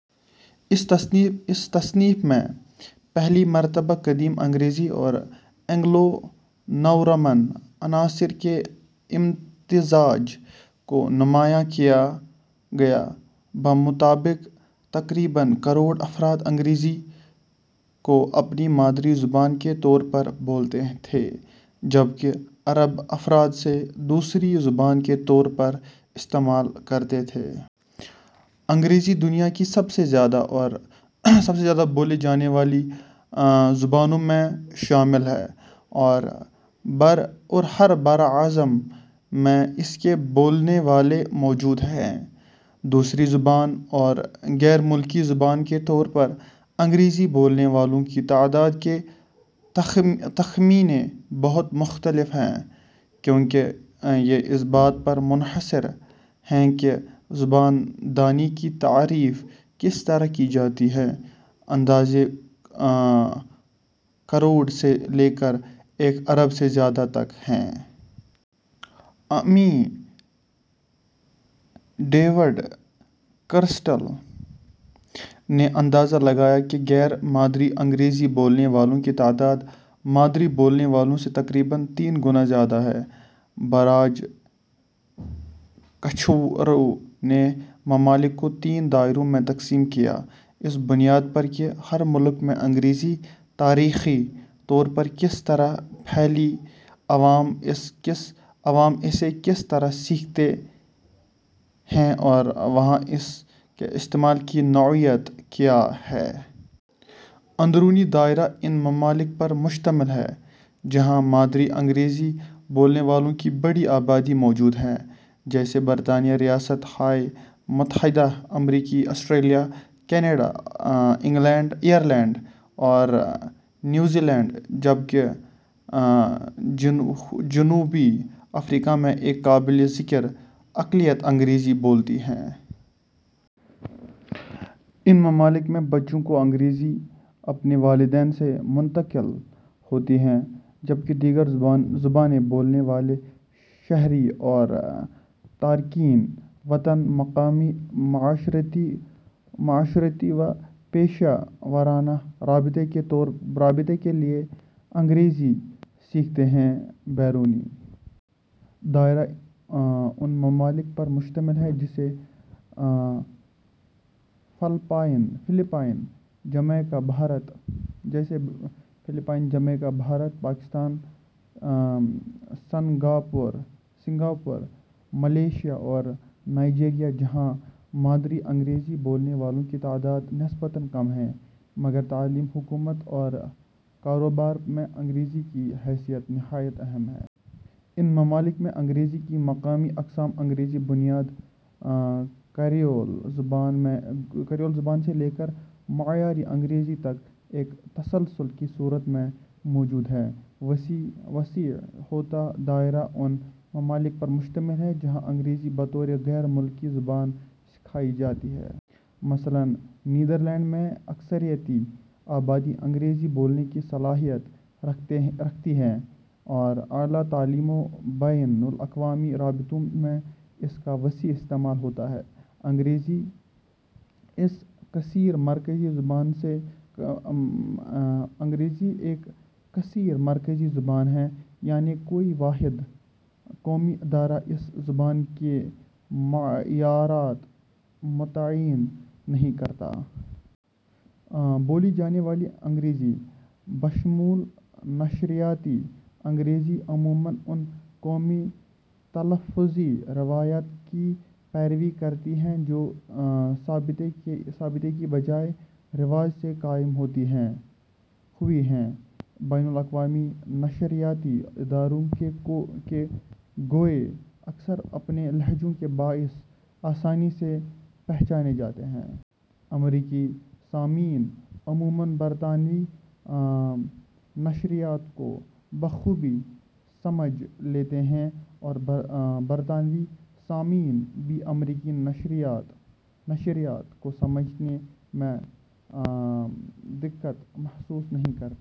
اس تصنیف میں پہلی مرتبہ قدیم انگریزی اور اینگلو نورمن عناصر کے امتزاج کو نمایاں کیا گیا۔ بمطابق ، تقریباً کروڑ افراد انگریزی کو اپنی مادری زبان کے طور پر بولتے تھے، جبکہ ارب افراد اسے دوسری زبان کے طور پر استعمال کرتے تھے۔ انگریزی دنیا کی سب سے زیادہ بولی جانے والی زبانوں میں شامل ہے اور ہر براعظم میں اس کے بولنے والے موجود ہیں۔ دوسری زبان اور غیر ملکی زبان کے طور پر انگریزی بولنے والوں کی تعداد کے تخمینے بہت مختلف ہیں، کیونکہ یہ اس بات پر منحصر ہیں کہ زبان دانی کی تعریف کس طرح کی جاتی ہے؛ اندازے کروڑ سے لے کر ایک ارب سے زیادہ تک ہیں۔ ء میں ڈیوڈ کرسٹل نے اندازہ لگایا کہ غیر مادری انگریزی بولنے والوں کی تعداد مادری بولنے والوں سے تقریباً تین گنا زیادہ ہے۔ براج کچھرو نے ممالک کو تین دائروں میں تقسیم کیا، اس بنیاد پر کہ ہر ملک میں انگریزی تاریخی طور پر کس طرح پھیلی، عوام اسے کس طرح سیکھتے ہیں اور وہاں اس کے استعمال کی نوعیت کیا ہے۔ اندرونی دائرہ اُن ممالک پر مشتمل ہے جہاں مادری انگریزی بولنے والوں کی بڑی آبادی موجود ہے، جیسے برطانیہ ، ریاست ہائے متحدہ امریکہ ، آسٹریلیا ، کینیڈا ، آئرلینڈ اور نیوزی لینڈ ؛ جبکہ جنوبی افریقا میں ایک قابلِ ذکر اقلیت انگریزی بولتی ہے۔ ان ممالک میں بچوں کو انگریزی اپنے والدین سے منتقل ہوتی ہے، جبکہ دیگر زبانیں بولنے والے شہری اور تارکین وطن مقامی معاشرتی و پیشہ ورانہ رابطے کے لیے انگریزی سیکھتے ہیں۔ بیرونی دائرہ اُن ممالک پر مشتمل ہے جیسے Philippines, Jamaica, Bharat, Pakistan, Singapore, Malaysia اور نائجیریا ، جہاں مادری انگریزی بولنے والوں کی تعداد نسبتاً کم ہے، مگر تعلیم، حکومت اور کاروبار میں انگریزی کی حیثیت نہایت اہم ہے۔ ان ممالک میں انگریزی کی مقامی اقسام، انگریزی بنیاد کریول زبانیں سے لے کر معیاری انگریزی تک، ایک تسلسل کی صورت میں موجود ہیں۔ وسیع ہوتا دائرہ اُن ممالک پر مشتمل ہے جہاں انگریزی بطور غیر ملکی زبان سکھائی جاتی ہے۔ مثلاً نیدرلینڈ میں اکثریتی آبادی انگریزی بولنے کی صلاحیت رکھتی ہے اور اعلیٰ تعلیم و بین الاقوامی رابطوں میں اس کا وسیع استعمال ہوتا ہے۔ انگریزی ایک کثیرمرکزی زبان ہے، یعنی کوئی واحد قومی ادارہ اس زبان کے معیارات متعین نہیں کرتا۔ بولی جانے والی انگریزی، بشمول نشریاتی انگریزی، عموماً اُن قومی تلفظی روایات کی پیروی کرتی ہے جو ضابطے کی بجائے رواج سے قائم ہوئی ہیں۔ بین الاقوامی نشریاتی اداروں کے گویے اکثر اپنے لہجوں کے باعث آسانی سے پہچانے جاتے ہیں۔ ۔ امریکی سامعین عموماً برطانوی نشریات کو بخوبی سمجھ لیتے ہیں اور برطانوی سامعین بھی امریکی نشریات کو سمجھنے میں دقت محسوس نہیں کرتے۔